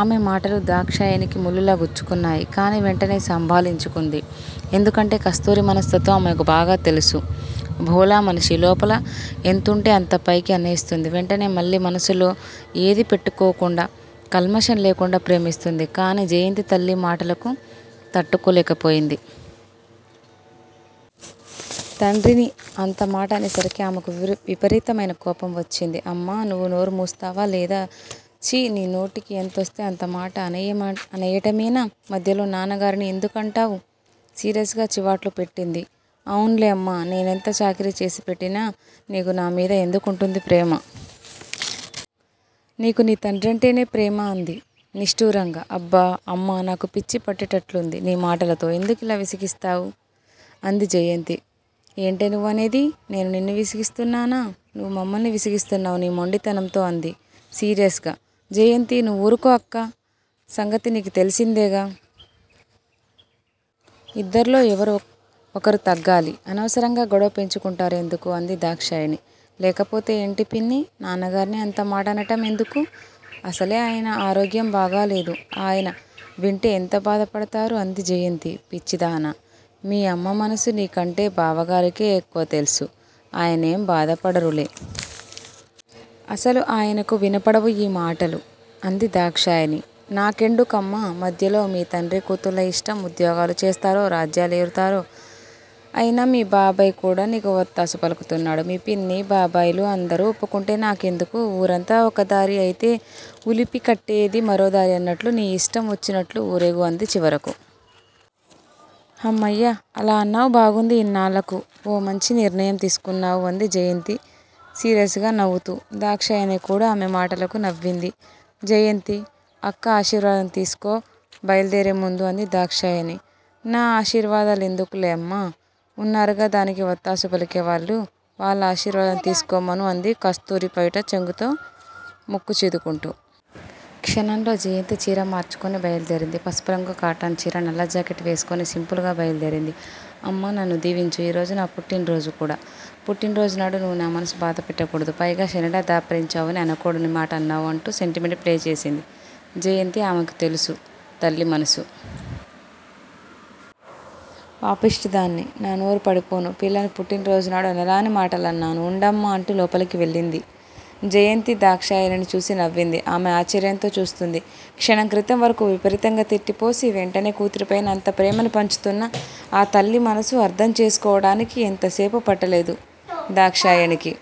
ఆమె మాటలు దాక్షాయణికి ముళ్ళులా గుచ్చుకున్నాయి. కానీ వెంటనే సంభాళించుకుంది. ఎందుకంటే కస్తూరి మనస్తత్వం ఆమెకు బాగా తెలుసు, భోళా మనిషి. లోపల ఎంతుంటే అంత పైకి అనేస్తుంది. వెంటనే మళ్ళీ మనసులో ఏది పెట్టుకోకుండా కల్మషం లేకుండా ప్రేమిస్తుంది. కానీ జయంతి తల్లి మాటలకు తట్టుకోలేకపోయింది. తండ్రిని అంత మాటనేసరికి ఆమెకు విపరీతమైన కోపం వచ్చింది. అమ్మా, నువ్వు నోరు ముస్తావా లేదా? చీ నీ నోటికి ఎంతోస్తే అంతమాట అనేయటమేనా? మధ్యలో నాన్నగారిని ఎందుకంటావు? సీరియస్ గా చివాట్లు పెట్టింది. అవున్లేమ్మా! నేనెంత చాకిరీ చేసి పెట్టినా నీకు నామీద ఎందుకుంటుంది ప్రేమ? నీకు నీ తండ్రంటేనే ప్రేమ అంది నిష్టురంగా. అబ్బా అమ్మా! నాకు పిచ్చిపట్టేట్లుంది నీ మాటలతో, ఎందుకిలా విసిగిస్తావు? అంది జయంతి. ఏంటే నువ్వనేది, నేను నిన్ను విసిగిస్తున్నానా? నువ్వు మమ్మల్ని విసిగిస్తున్నావ్ నీ మొండితనంతో అంది సీరియస్ గా. జయంతి నువ్వూరుకో అక్క సంగతి నీకు తెలిసిందేగా! ఇద్దర్లో ఎవరో ఒకరు తగ్గాలి. అనవసరంగా గొడవ పెంచుకుంటారెందుకు? అంది దాక్షాయణి. లేకపోతే ఏంటి పిన్నీ! నాన్నగార్ని అంతమాటనటం ఎందుకు? అసలే అయన ఆరోగ్యం బాగాలేదు. అయన వింటే ఎంత బాధపడతారు? అంది జయంతి. పిచ్చిదానా! మీ అమ్మమనసు నీకంటే బావగారికే ఎక్కువ తెల్సు, ఆయనేం బాధపడరులే! అసలు ఆయనకు వినపడవు ఈ మాటలు అంది దాక్షాయణి. నాకేండుకమ్మా మధ్యలో! మీ తండ్రి కూతుళ్ళ ఇష్టం, ఉద్యోగాలు చేస్తారో, రాజ్యాలేలతారో, అయినా మీ బాబాయ్ కూడా నీకు వత్తాసు పలుకుతున్నాడు, మీ పిన్ని, బాబాయ్ లు, అందరూ ఒప్పుకుంటే నాకెందుకు? ఊరంతా ఒకదారి, అయితే ఉలిపికట్టేది మరోదారి అన్నట్లు నీ ఇష్టం వచ్చినట్లు ఊరేగు అంది చివరకు. అమ్మయ్యా! అలా అన్నావు బాగుంది. ఇన్నాళ్ళకు ఓ మంచి నిర్ణయం తీసుకున్నావు అంది జయంతి సీరియస్ గా నవ్వుతూ. దాక్షాయణి కూడా ఆమె మాటలకు నవ్వింది. జయంతీ! అక్క ఆశీర్వాదం తీసుకో బయల్దేరే ముందు అంది దాక్షాయణి. నా ఆశీర్వాదాలెందుకులేమ్మా! ఉన్నారుగా దానికి వత్తాసుపలికే వాళ్ళు, వాళ్ళ ఆశీర్వాదం తిసుకోమను: అంది కస్తూరి పైట చెంగుతో ముక్కు చీదుకుంటు. క్షణంలో జయంతి చీర మార్చుకుని బయలుదేరింది. పసుపురంగు కాటన్చీర, నల్లజాకెట్ వేసుకుని సింపుల్ గా బయలుదేరింది. అమ్మా నన్ను దీవించు. ఈరోజు నా పుట్టినరోజు కూడా పుట్టిన రోజునాడు నువ్వు నా మనసు బాధపెట్టకూడదు. పైగా శనిలా దాపురించావు అని అనకూడనిమాటన్నావు అంటూ సెంటిమెంట్ ప్లే చేసింది జయంతి ఆమెకు తెలుసు తల్లి మనసు. పాపిష్టిదాన్ని, నా నోరు పడిపోనూ పిల్లను పుట్టినరోజునాడు అనరాని మాటలన్నాను, ఉండమ్మా అంటూ లోపలికి వెళ్ళింది. జయంతి దాక్షాయణిని చూసి నవ్వింది. ఆమె ఆశ్చర్యంతో చూస్తుంది. క్షణం క్రితం వరకూ విపరీతంగా తిట్టిపోసి, వెంటనే కూతురిపై అంత ప్రేమను పంచుతున్న ఆ తల్లి మనసు అర్ధం చేసుకోవటానికి ఎంతో సేపు పట్టలేదు దాక్షాయణికి.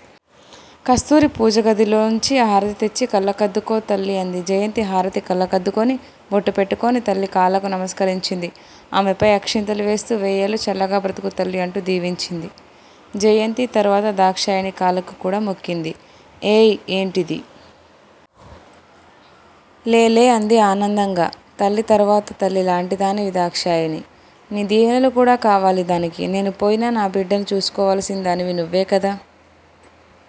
కస్తూరి పూజగదిలో నుంచి హారతి తెచ్చి కళ్ళకద్దుకో తల్లి అంది. జయంతి హారతి కళ్ళ కద్దుకుని, బొట్టుపెట్టుకుని, తల్లి కాళ్ళకు నమస్కరించింది. ఆమెపై అక్షింతలు వేస్తూ- వెయ్యేళ్ళు చల్లగా బ్రతుకు తల్లి అంటూ దీవించింది. జయంతి తరువాత దాక్షాయణి కాళ్ళకు కూడా మొక్కింది. ఏయ్ ఏంటిది? లేలే అంది ఆనందంగా. తల్లి తరువాత తల్లి లాంటిదానివి దాక్షాయణి! నీ దీవెనలు కూడా కావాలి దానికి. నేను పోయినా నా బిడ్డను చూసుకోవలసినదానివి నువ్వేకదా